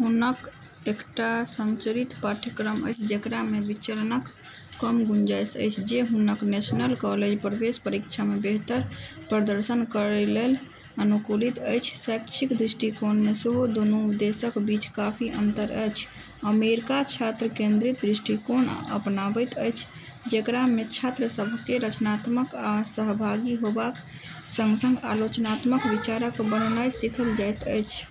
हुनक एकटा संरचित पाठ्यक्रम अछि जेकरामे विचलनक कम गुंजाइश अछि, जे हुनक नेशनल कॉलेज प्रवेश परीक्षामे बेहतर प्रदर्शन करैलेल अनुकूलित अछि। शैक्षिक दृष्टिकोणमे सेहो दूनू देशक बीच काफी अन्तर अछि। अमेरिका छात्र केन्द्रित दृष्टिकोण अपनाबैत अछि, जेकरामे छात्रसभकेँ रचनात्मक आ सहभागी होबाक सँग-सँग आलोचनात्मक विचारक बननाइ सिखाएल जाइत अछि।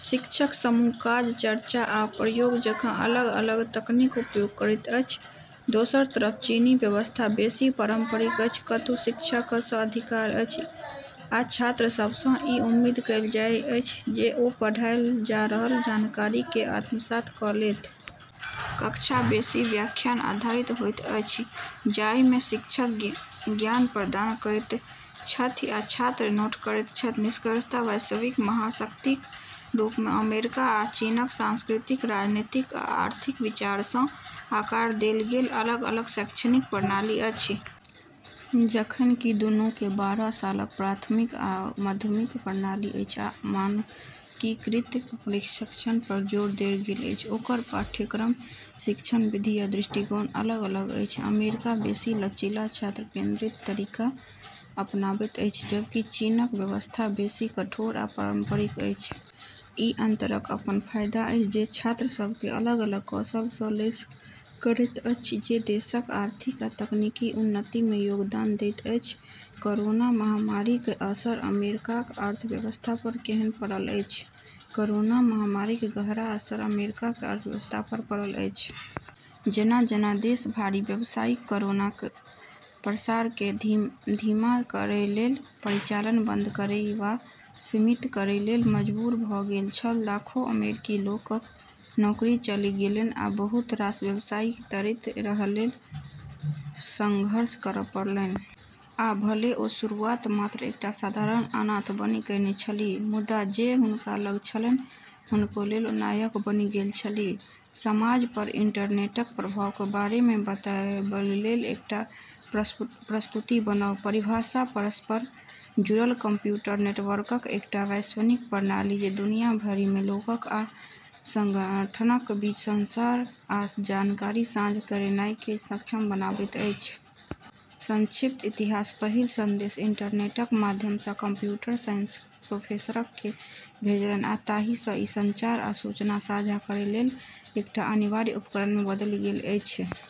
शिक्षक समूह काज, चर्चा, आ प्रयोग जकाँ अलग-अलग तकनीकक उपयोग करैत छथि। दोसर तरफ चीनी व्यवस्था बेसी पारम्परिक अछि, कतहु शिक्षकसँ अधिकार अछि, आ छात्रसभसँ ई उम्मीद कएल जाइत अछि जे ओ पढ़ायल जा रहल जानकारीकेँ आत्मसात कऽ लेत। कक्षा बेसी व्याख्यान आधारित होइत अछि, जाहिमे शिक्षक ज्ञान प्रदान करैत छथि आ छात्र नोट करैत छथि। निष्कर्षतः, वैश्विक महाशक्तिक रूपमे अमेरिका आ चीनक सांस्कृतिक, राजनीतिक आ आर्थिक विचारसँ आकार देल गेल अलग-अलग शैक्षणिक प्रणाली अछि। जखन कि दूनूकेँ बारह सालक प्राथमिक आ माध्यमिक प्रणाली अछि आ मानकीकृत परीक्षणपर जोर देल गेल अछि, ओकर पाठ्यक्रम, शिक्षण विधि आ दृष्टिकोण अलग-अलग अछि। अमेरिका बेसी लचीला, छात्र केन्द्रित तरीका अपनाबैत अछि, जबकि चीनक व्यवस्था बेसी कठोर आ पारम्परिक अछि। ई अन्तरक अपन फायदा अछि, जे छात्रसभकेँ अलग-अलग कौशलसँ लैस करैत अछि, जे देशक आर्थिक आ तकनीकी उन्नतिमे योगदान दैत अछि। कोरोना महामारीक असर अमेरिकाक अर्थव्यवस्थापर केहन पड़ल अछि? कोरोना महामारीक गहरा असर अमेरिकाक अर्थव्यवस्थापर पड़ल अछि। जेना-जेना देश भरिक व्यवसायीकेँ कोरोनाक प्रसारकेँ धीमा करैलेल परिचालन बन्द करै वा सीमित करैलेल मजबूर भऽ गेल छल, लाखों अमेरिकी लोकक नौकरी चलि गेलनि आ बहुत रास व्यवसायीकेँ तैरैत रहैलेल सङ्घर्ष करब पड़लनि। आ भले ओ शुरुआत मात्र एकटा साधारण अनाथ बनि कएने छलीह, मुदा जे हुनका लग छलनि हुनकालेल नायक बनि गेल छलीह। समाजपर इन्टरनेटक प्रभावक बारेमे बताबैलेल एकटा प्रस्तुति बनाउ। परिभाषा: परस्पर जुड़ल कम्प्यूटर नेटवर्कक एकटा वैश्विक प्रणाली जे दुनिया भरिमे लोकक आ सङ्गठनक बीच संचार आ जानकारीक साझा करेनाइकेँ सक्षम बनाबैत अछि। संक्षिप्त इतिहास: पहिल सन्देश इन्टरनेटक माध्यमसँ कम्प्यूटर साइन्सक प्रोफेसरकेँ भेजलनि, आ तहियासँ ई संचार आ सूचना साझा करैलेल एकटा अनिवार्य उपकरणमे बदलि गेल अछि।